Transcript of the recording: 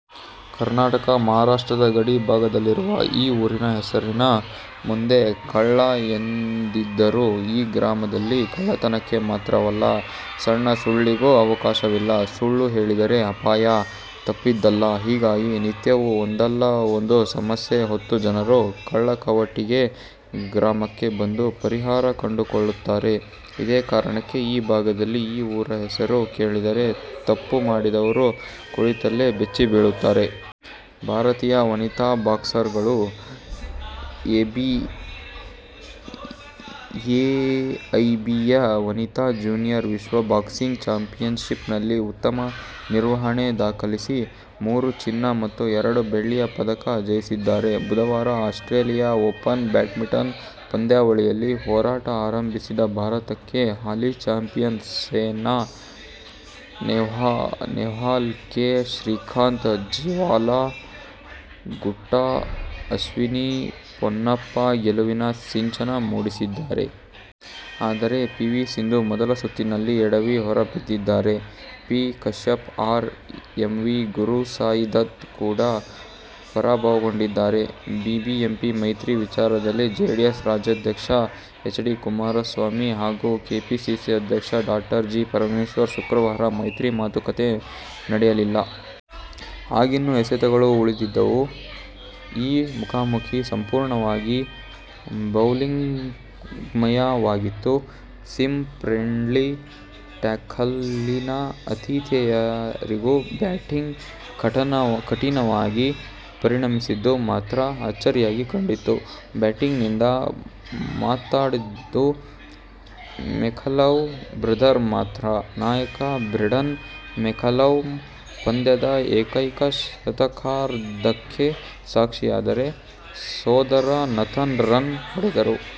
ಕರ್ನಾಟಕ-ಮಹಾರಾಷ್ಟ್ರದ ಗಡಿ ಭಾಗದಲ್ಲಿರುವ ಈ ಊರಿನ ಹೆಸರಿನ ಮುಂದೆ ಕಳ್ಳ ಎಂದಿದ್ದರೂ ಈ ಗ್ರಾಮದಲ್ಲಿ ಕಳ್ಳತನಕ್ಕೆ ಮಾತ್ರವಲ್ಲ, ಸಣ್ಣ ಸುಳ್ಳಿಗೂ ಅವಕಾಶವಿಲ್ಲ. ಸುಳ್ಳು ಹೇಳಿದರೆ ಅಪಾಯ ತಪ್ಪಿದ್ದಲ್ಲ. ಹೀಗಾಗಿ, ನಿತ್ಯವೂ ಒಂದಲ್ಲ ಒಂದು ಸಮಸ್ಯೆ ಹೊತ್ತು ಜನರು ಕಳ್ಳಕವಟಗಿ ಗ್ರಾಮಕ್ಕೆ ಬಂದು ಪರಿಹಾರ ಕಂಡುಕೊಳ್ಳುತ್ತಾರೆ. ಇದೇ ಕಾರಣಕ್ಕೆ ಈ ಭಾಗದಲ್ಲಿ ಈ ಊರ ಹೆಸರು ಕೇಳಿದರೆ ತಪ್ಪು ಮಾಡಿದವರು ಕುಳಿತಲ್ಲೇ ಬೆಚ್ಚಿ ಬೀಳುತ್ತಾರೆ. ಭಾರತೀಯ ವನಿತಾ ಬಾಕ್ಸರ್ಗಳು ಎಐಬಿಎ ವನಿತಾ ಜೂನಿಯರ್ ವಿಶ್ವ ಬಾಕ್ಸಿಂಗ್ ಚಾಂಪಿಯನ್ಶಿಪ್ನಲ್ಲಿ ಉತ್ತಮ ನಿರ್ವಹಣೆ ದಾಖಲಿಸಿ ಮೂರು ಚಿನ್ನ ಮತ್ತು ಎರಡು ಬೆಳ್ಳಿಯ ಪದಕ ಜಯಿಸಿದ್ದಾರೆ. ಬುಧವಾರ ಆಸ್ಟ್ರೇಲಿಯನ್ ಓಪನ್ ಬ್ಯಾಡ್ಮಿಂಟನ್ ಪಂದ್ಯಾವಳಿಯಲ್ಲಿ ಹೋರಾಟ ಆರಂಭಿಸಿದ ಭಾರತಕ್ಕೆ ಹಾಲಿ ಚಾಂಪಿಯನ್ ಸೈನಾ ನೆಹ್ವಾಲ್, ಕೆ. ಶ್ರೀಕಾಂತ್, ಜ್ವಾಲಾ ಗುಟ್ಟಾ-ಅಶ್ವಿನಿ ಪೊನ್ನಪ್ಪ ಗೆಲುವಿನ ಸಿಂಚನ ಮೂಡಿಸಿದ್ದಾರೆ. ಆದರೆ ಪಿ. ವಿ. ಸಿಂಧು ಮೊದಲ ಸುತ್ತಿನಲ್ಲೇ ಎಡವಿ ಹೊರಬಿದ್ದಿದ್ದಾರೆ. P. Kashyap, R. M. V. Gurusai Dutt ಕೂಡ ಪರಾಭವಗೊಂಡಿದ್ದಾರೆ. ಬಿಬಿಎಂಪಿ ಮೈತ್ರಿ ವಿಚಾರದಲ್ಲಿ ಜೆಡಿಎಸ್ ರಾಜ್ಯಾಧ್ಯಕ್ಷ ಎಚ್. ಡಿ. ಕುಮಾರಸ್ವಾಮಿ ಹಾಗೂ ಕೆಪಿಸಿಸಿ ಅಧ್ಯಕ್ಷ ಡಾ. ಜಿ. ಪರಮೇಶ್ವರ್ ಶುಕ್ರವಾರ ಮೈತ್ರಿ ಮಾತುಕತೆ ನಡೆಯಲಿಲ್ಲ. ಆಗಿನ್ನೂ ಎಸೆತಗಳು ಉಳಿದಿದ್ದವು. ಈ ಮುಖಾಮುಖೀ ಸಂಪೂರ್ಣವಾಗಿ ಬೌಲಿಂಗ್ಮಯವಾಗಿತ್ತು. ಸೀಮ್ ಫ್ರೆಂಡ್ಲಿ ಟ್ರ್ಯಾಕ್ನಲ್ಲಿ ಆತಿಥೇಯರಿಗೂ ಬ್ಯಾಟಿಂಗ್ ಕಠಿನವಾಗಿ ಪರಿಣಮಿಸಿದ್ದು ಮಾತ್ರ ಅಚ್ಚರಿಯಾಗಿ ಕಂಡಿತು. ಬ್ಯಾಟಿನಿಂದ ಮಾತಾಡಿದ್ದು ಮೆಕಲಮ್ ಬ್ರದರ್ ಮಾತ್ರ. ನಾಯಕ ಬ್ರೆಂಡನ್ ಮೆಕಲಮ್ ಪಂದ್ಯದ ಏಕೈಕ ಶತಕಾರ್ಧಕ್ಕೆ ಸಾಕ್ಷಿಯಾದರೆ, ಸೋದರ ನಥನ್ ರನ್ ಹೊಡೆದರು.